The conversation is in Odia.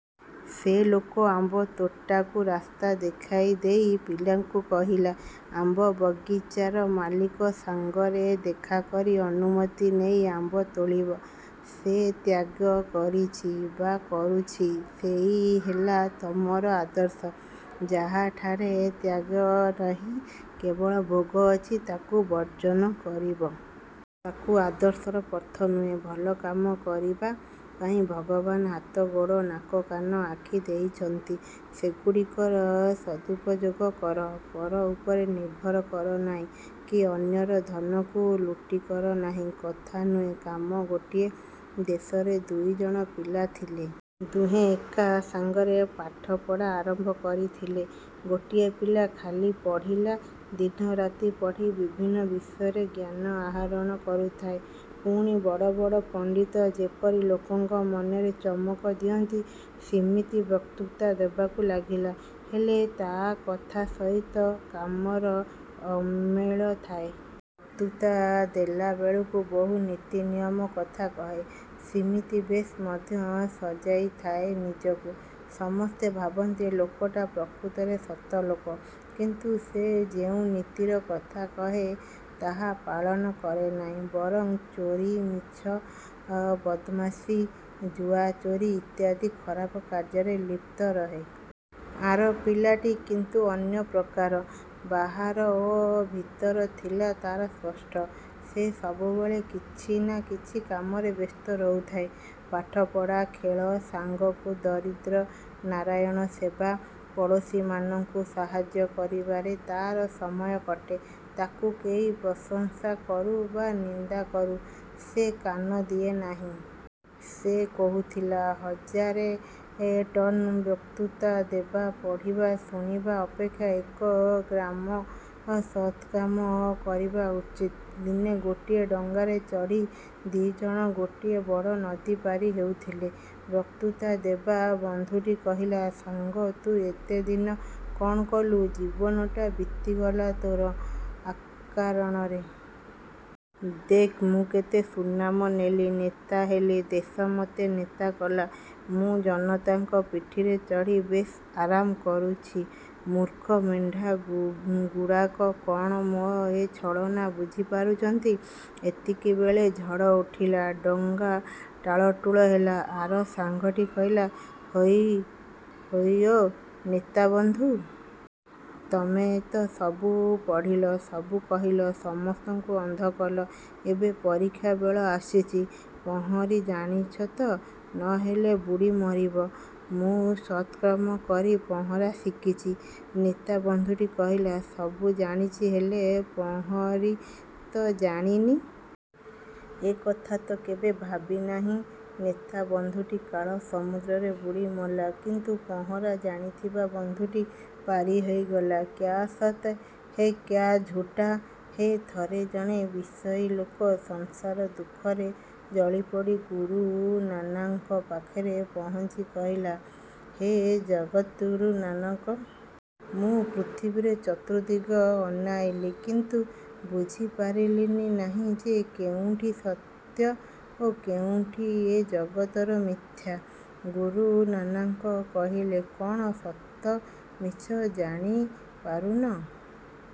ସେ ଲୋକ ଆମ୍ବତୋଟାକୁ ରାସ୍ତା ଦେଖାଇଦେଇ ପିଲାକୁ କହିଲା, ''ଆମ୍ବ ବଗିଚାର ମାଲିକ ସାଙ୍ଗରେ ଦେଖାକରି ଅନୁମତି ନେଇ ଆମ୍ବ ତୋଳିବ। '' ସେ ତ୍ୟାଗ କରିଛି ବା କରୁଛି ସେହି ହେଲା ତମର ଆଦର୍ଶ। ଯାହାଠାରେ ତ୍ୟାଗ ନାହିଁ, କେବଳ ଭୋଗ ଅଛି, ତାକୁ ବର୍ଜନ କରିବ। ତାକୁ ଆଦର୍ଶର ପଥ ନୁହେଁ। ଭଲ କାମ କରିବା ପାଇଁ ଭଗବାନ ହାତ-ଗୋଡ଼, ନାକ-କାନ, ଆଖି ଦେଇଛନ୍ତି। ସେଗୁଡ଼ିକର ସଦୁପଯୋଗ କର। ପର ଉପରେ ନିର୍ଭର କର ନାହିଁ କି ଅନ୍ୟର ଧନକୁ ଲୁଟିକର ନାହିଁ। କଥା ନୁହେଁ, କାମ ଗୋଟିଏ ଦେଶରେ ଦୁଇଜଣ ପିଲା ଥିଲେ। ଦୁହେଁ ଏକା ସାଙ୍ଗରେ ପାଠପଢ଼ା ଆରମ୍ଭ କରିଥିଲେ। ଗୋଟିଏ ପିଲା ଖାଲି ପଢ଼ିଲା। ଦିନରାତି ପଢ଼ି ବିଭିନ୍ନ ବିଷୟରେ ଜ୍ଞାନ ଆହରଣ କରୁଥାଏ; ପୁଣି ବଡ଼ ବଡ଼ ପଣ୍ତିତ ଯେପରି ଲୋକଙ୍କ ମନରେ ଚମକ ଦିଅନ୍ତି ସିମିତି ବକ୍ତୃତା ଦେବାକୁ ଲାଗିଲା। ହେଲେ ତା'ର କଥା ସହିତ କାମର ଅମେଳ ଥାଏ। ବକ୍ତୃତା ଦେଲାବେଳକୁ ବହୁ ନୀତି-ନିୟମ କଥା କହେ। ସିମିତି ବେଶ୍ ମଧ୍ୟ ସଜାଇଥାଏ ନିଜକୁ। ସମସ୍ତେ ଭାବନ୍ତି ଲୋକଟା ପ୍ରକୃତରେ ସତଲୋକ। କିନ୍ତୁ ସେ ଯେଉଁ ନୀତିର କଥା କହେ ତାହା ପାଳନ କରେନାହିଁ, ବରଂ ଚୋରି, ମିଛ, ଅ ବଦମାସି, ଜୁଆଚୋରି ଇତ୍ୟାଦି ଖରାପ କାର୍ଯ୍ୟରେ ଲିପ୍ତ ରହେ। ଆର ପିଲାଟି କିନ୍ତୁ ଅନ୍ୟ ପ୍ରକାର। ବାହାର ଓ ଭିତର ଥିଲା ତାର ସ୍ପଷ୍ଟ। ସେ ସବୁବେଳେ କିଛି ନା କିଛି କାମରେ ବ୍ୟସ୍ତ ରହୁଥାଏ। ପାଠପଢ଼ା, ଖେଳ ସାଙ୍ଗକୁ ଦରିଦ୍ର-ନାରାୟଣ ସେବା, ପଡ଼ୋଶୀମାନଙ୍କୁ ସାହାଯ୍ୟ କରିବାରେ ତାର ସମୟ କଟେ। ତାକୁ କେହି ପ୍ରଶଂସା କରୁ ବା ନିନ୍ଦା କରୁ, ସେ କାନ ଦିଏ ନାହିଁ। ସେ କହୁଥିଲା, ହଜାରେ ଟନ ବକ୍ତୃତା ଦେବା, ପଢ଼ିବା, ଶୁଣିବା ଅପେକ୍ଷା ଏକ ଗ୍ରାମ ସତ୍କାମ କରିବା ଉଚିତ। ଦିନେ ଗୋଟିଏ ଡଙ୍ଗାରେ ଚଢ଼ି ଦିଜଣ ଗୋଟିଏ ବଡ଼ ନଦୀ ପାରି ହେଉଥିଲେ। ବକ୍ତୃତା ଦେବା ବଂଧୁଟି କହିଲା, ''ସାଙ୍ଗ, ତୁ ଏତେଦିନ କ'ଣ କଲୁ, ଜୀବନଟା ବିତିଗଲା ତୋର ଅକାରଣରେ-। ଦେଖ୍, ମୁଁ କେତେ ସୁନାମ ନେଲି, ନେତା ହେଲି। ଦେଶ ମୋତେ ନେତା କଲା, ମୁଁ ଜନତାଙ୍କ ପିଠିରେ ଚଢ଼ି ବେଶ୍ ଆରାମ କରୁଛି—ମୂର୍ଖ ମେଣ୍ଢାଗୁଡ଼ାକ କ'ଣ ମୋର ଏ ଛଳନା ବୁଝି ପାରୁଛନ୍ତି-? '' ଏତିକିବେଳେ ଝଡ଼ ଉଠିଲା। ଡଙ୍ଗା ଟାଳଟୁଳ ହେଲା। ଆର ସାଙ୍ଗଟି କହିଲା—''ହଇ ହୋ, ନେତା ବଂଧୁ! ତମେ ତ ସବୁ ପଢ଼ିଲ, ସବୁ କହିଲ, ସମସ୍ତଙ୍କୁ ଅନ୍ଧ କଲ। ଏବେ ପରୀକ୍ଷା ବେଳ ଆସିଛି। ପହଁରି ଜାଣିଛ ତ? ନ ହେଲେ ବୁଡ଼ି ମରିବ। ମୁଁ ସତ୍କର୍ମ କରି ପହଁରି ଶିଖିଛି। '' ନେତା ବନ୍ଧୁଟି କହିଲା—''ସବୁ ଜାଣିଛି, ହେଲେ ପହଁରି ତ ଜାଣିନି। ଏ କଥା ତ କେବେ ଭାବି ନାହିଁ-। '' ନେତା ବନ୍ଧୁଟି କାଳ-ସମୁଦ୍ରରେ ବୁଡ଼ି ମଲା, କିନ୍ତୁ ପହଁରା ଜାଣିଥିବା ବନ୍ଧୁଟି ପାରି ହୋଇଗଲା। କ୍ୟା ସତ୍ ହୈ କ୍ୟା ଝୁଟା ହୈ ଥରେ ଜଣେ ବିଷୟୀ ଲୋକ ସଂସାରଦୁଃଖରେ ଜଳିପୋଡ଼ି ଗୁରୁ ନାନକଙ୍କ ପାଖରେ ପହୁଞ୍ଚି କହିଲା—ହେ ଜଗତ୍ଗୁରୁ ନାନକ! ମୁଁ ପୃଥିବୀରେ ଚତୁର୍ଦ୍ଦିଗ ଅନାଇଲି କିନ୍ତୁ ବୁଝିପାରିଲି ନାହିଁ ଯେ କେଉଁଟି ସତ୍ୟ ଓ କେଉଁଟି ଏ ଜଗତରେ ମିଥ୍ୟା। ଗୁରୁ ନାନକ କହିଲେ,''କ'ଣ ସତ ମିଛ ଜାଣି ପାରୁନ?